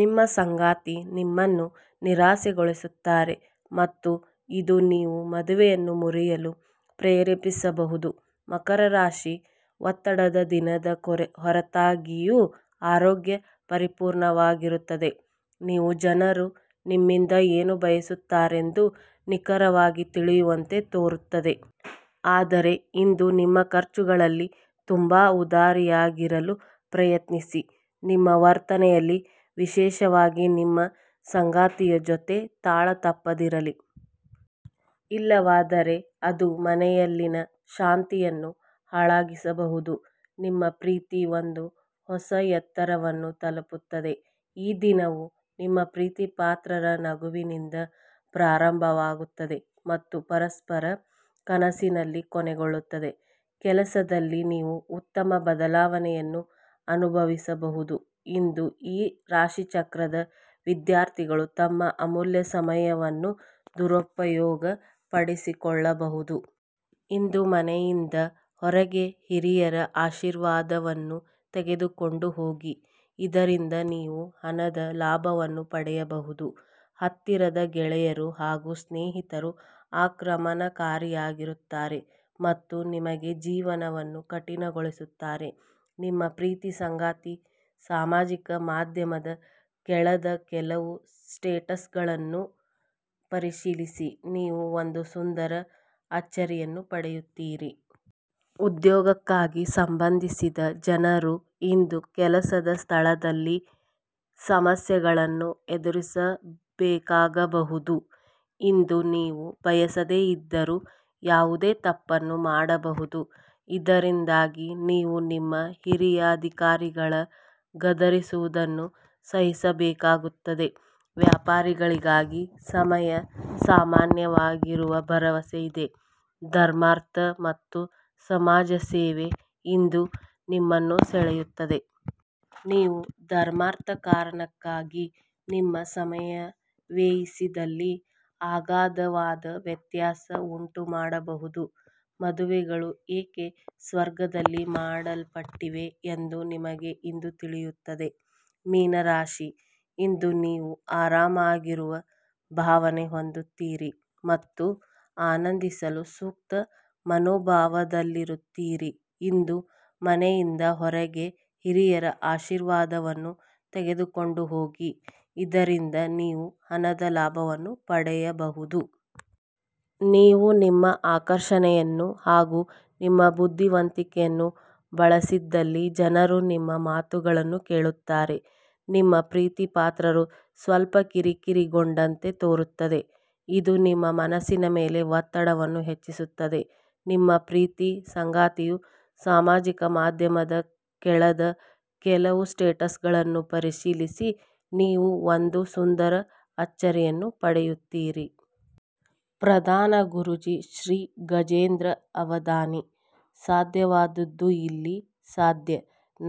ನಿಮ್ಮ ಸಂಗಾತಿ ನಿಮ್ಮನ್ನು ನಿರಾಸೆಗೊಳಿಸುತ್ತಾರೆ ಮತ್ತು ಇದು ನೀವು ಮದುವೆಯನ್ನು ಮುರಿಯಲು ಪ್ರೇರೇಪಿಸಬಹುದು. ಮಕರ ರಾಶಿ: ಒತ್ತಡದ ದಿನದ ಹೊರತಾಗಿಯೂ ಆರೋಗ್ಯ ಪರಿಪೂರ್ಣವಾಗಿರುತ್ತದೆ. ನೀವು ಜನರು ನಿಮ್ಮಿಂದ ಏನು ಬಯಸುತ್ತಾರೆಂದು ನಿಖರವಾಗಿ ತಿಳಿದಿರುವಂತೆ ತೋರುತ್ತದೆ. ಆದರೆ ಇಂದು ನಿಮ್ಮ ಖರ್ಚುಗಳಲ್ಲಿ ತುಂಬಾ ಉದಾರಿಯಾಗದಿರಲು ಪ್ರಯತ್ನಿಸಿ. ನಿಮ್ಮ ವರ್ತನೆಯಲ್ಲಿ, ವಿಶೇಷವಾಗಿ ನಿಮ್ಮ ಸಂಗಾತಿಯ ಜೊತೆ, ತಾಳ ತಪ್ಪದಿರಲಿ. ಇಲ್ಲವಾದರೆ ಅದು ಮನೆಯಲ್ಲಿನ ಶಾಂತಿಯನ್ನು ಹಾಳಾಗಿಸಬಹುದು. ನಿಮ್ಮ ಪ್ರೀತಿ ಒಂದು ಹೊಸ ಎತ್ತರವನ್ನು ತಲುಪುತ್ತದೆ. ಈ ದಿನವು ನಿಮ್ಮ ಪ್ರೀತಿಪಾತ್ರರ ನಗುವಿನಿಂದ ಪ್ರಾರಂಭವಾಗುತ್ತದೆ, ಮತ್ತು ಪರಸ್ಪರರ ಕನಸಿನಲ್ಲಿ ಕೊನೆಗೊಳ್ಳುತ್ತದೆ. ಕೆಲಸದಲ್ಲಿ, ನೀವು ಉತ್ತಮ ಬದಲಾವಣೆಯನ್ನು ಅನುಭವಿಸಬಹುದು. ಇಂದು ಈ ರಾಶಿಚಕ್ರದ ವಿದ್ಯಾರ್ಥಿಗಳು ತಮ್ಮ ಅಮೂಲ್ಯ ಸಮಯವನ್ನು ದುರುಪಯೋಗ ಪಡಿಸಿಕೊಳ್ಳಬಹುದು. ಇಂದು ಮನೆಯಿಂದ ಹೊರಗೆ ಹಿರಿಯರ ಆಶೀರ್ವಾದವನ್ನು ತೆಗೆದುಕೊಂಡು ಹೋಗಿ, ಇದರಿಂದ ನೀವು ಹಣದ ಲಾಭವನ್ನು ಪಡೆಯಬಹುದು. ಹತ್ತಿರದ ಗೆಳೆಯರು ಹಾಗು ಸ್ನೇಹಿತರು ಆಕ್ರಮಣಕಾರಿಯಾಗುತ್ತಾರೆ. ಮತ್ತು ನಿಮಗೆ ಜೀವನವನ್ನು ಕಠಿಣಗೊಳಿಸುತ್ತಾರೆ. ನಿಮ್ಮ ಪ್ರೀತಿ ಸಂಗಾತಿಯ ಸಾಮಾಜಿಕ ಮಾಧ್ಯಮದ ಕಳೆದ ಕೆಲವು ಸ್ಟೇಟಸ್ಗಳನ್ನು ಪರಿಶೀಲಿಸಿ, ನೀವು ಒಂದು ಸುಂದರ ಅಚ್ಚರಿಯನ್ನು ಪಡೆಯುತ್ತೀರಿ. ಉದ್ಯೋಗಕ್ಕೆ ಸಂಬಂಧಿಸಿದ ಜನರು ಇಂದು ಕೆಲಸದ ಸ್ಥಳದಲ್ಲಿ ಸಮಸ್ಯೆಗಳನ್ನು ಎದುರಿಸಬೇಕಾಗಬಹುದು. ಇಂದು ನೀವು ಬಯಸದೆ ಇದ್ದರೂ ಯಾವುದೇ ತಪ್ಪನ್ನು ಮಾಡಬಹುದು. ಇದರಿಂದಾಗಿ ನೀವು ನಿಮ್ಮ ಹಿರಿಯ ಅಧಿಕಾರಿಗಳ ಗದರಿಸುವುದನ್ನು ಸಹಿಸಬೇಕಾಗುತ್ತದೆ. ವ್ಯಾಪಾರಿಗಳಿಗಾಗಿ ಸಮಯ ಸಾಮಾನ್ಯವಾಗಿರುವ ಭರವಸೆ ಇದೆ. ಧರ್ಮಾರ್ಥ ಮತ್ತು ಸಮಾಜ ಸೇವೆ ಇಂದು ನಿಮ್ಮನ್ನು ಸೆಳೆಯುತ್ತವೆ. ನೀವು ಧರ್ಮಾರ್ಥ ಕಾರಣಕ್ಕಾಗಿ ನಿಮ್ಮ ಸಮಯ ವ್ಯಯಿಸಿದಲ್ಲಿ ಅಗಾಧವಾದ ವ್ಯತ್ಯಾಸ ಉಂಟುಮಾಡಬಹುದು. ಮದುವೆಗಳು ಏಕೆ ಸ್ವರ್ಗದಲ್ಲಿ ಮಾಡಲ್ಪಟ್ಟಿವೆ ಎಂದು ನಿಮಗೆ ಇಂದು ತಿಳಿಯುತ್ತದೆ. ಮೀನ ರಾಶಿ: ಇಂದು ನೀವು ಆರಾಮವಾಗಿರುವ ಭಾವನೆ ಹೊಂದಿರುತ್ತೀರಿ ಮತ್ತು ಆನಂದಿಸಲು ಸೂಕ್ತ ಮನೋಭಾವದಲ್ಲಿರುತ್ತೀರಿ. ಇಂದು ಮನೆಯಿಂದ ಹೊರಗೆ ಹಿರಿಯರ ಆಶೀರ್ವಾದವನ್ನು ತೆಗೆದುಕೊಂಡು ಹೋಗಿ, ಇದರಿಂದ ನೀವು ಹಣದ ಲಾಭವನ್ನು ಪಡೆಯಬಹುದು. ನೀವು ನಿಮ್ಮ ಆಕರ್ಷಣೆಯನ್ನು ಹಾಗೂ ನಿಮ್ಮ ಬುದ್ಧಿವಂತಿಕೆಯನ್ನು ಬಳಸಿದಲ್ಲಿ ಜನರು ನಿಮ್ಮ ಮಾತುಗಳನ್ನು ಕೇಳುತ್ತಾರೆ. ನಿಮ್ಮ ಪ್ರೀತಿಪಾತ್ರರು ಸ್ವಲ್ಪ ಕಿರಿಕಿರಿಗೊಂಡಂತೆ ತೋರುತ್ತದೆ. ಇದು ನಿಮ್ಮ ಮನಸ್ಸಿನ ಮೇಲೆ ಒ'ತ್ತಡವನ್ನು ಹಚ್ಚಿಸುತ್ತದೆ. ನಿಮ್ಮ ಪ್ರೀತಿ ಸಂಗಾತಿಯ ಸಾಮಾಜಿಕ ಮಾಧ್ಯಮದ ಕಳೆದ ಕೆಲವು ಸ್ಟೇಟಸ್ಗಳನ್ನು ಪರಿಶೀಲಿಸಿ, ನೀವು ಒಂದು ಸುಂದರ ಅಚ್ಚರಿಯನ್ನು ಪಡೆಯುತ್ತೀರಿ. ಪ್ರಧಾನ ಗುರೂಜಿ ಶ್ರೀ ಗಜೇಂದ್ರ ಅವಧಾನಿ. ಸಾಧ್ಯವಾದದ್ದು ಇಲ್ಲಿ ಸಾಧ್ಯ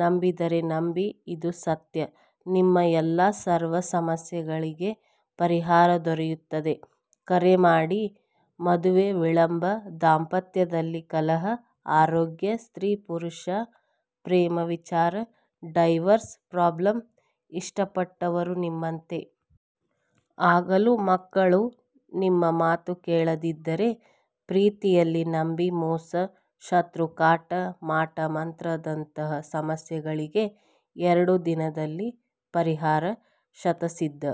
ನಂಬಿದರೆ ನಂಬಿ ಇದು ಸತ್ಯ. ನಿಮ್ಮ ಎಲ್ಲಾ ಸರ್ವ ಸಮಸ್ಯೆಗಳಿಗೆ ಪರಿಹಾರ ದೊರೆಯುತ್ತದೆ. ಕರೆ ಮಾಡಿ. ಮದುವೆ ವಿಳಂಬ, ದಾಂಪತ್ಯದಲ್ಲಿ ಕಲಹ, ಆರೋಗ್ಯ, ಸ್ತ್ರೀ ಪುರುಷಾ ಪ್ರೇಮ ವಿಚಾರ, ಡೈವರ್ಸ್ ಪ್ರಾಬ್ಲಮ್, ಇಷ್ಟಪಟ್ಟವರು ನಿಮ್ಮಂತೆ ಆಗಲು, ಮಕ್ಕಳು ನಿಮ್ಮ ಮಾತು ಕೇಳದಿದ್ದರೆ, ಪ್ರೀತಿಯಲ್ಲಿ ನಂಬಿ ಮೋಸ, ಶತ್ರು ಕಾಟ, ಮಾ'ಟ ಮಂತ್ರದಂತಹ ಸಮಸ್ಯೆಗಳಿಗೆ ಎರಡು ದಿನದಲ್ಲಿ ಪರಿಹಾರ ಶತಸಿದ್ಧ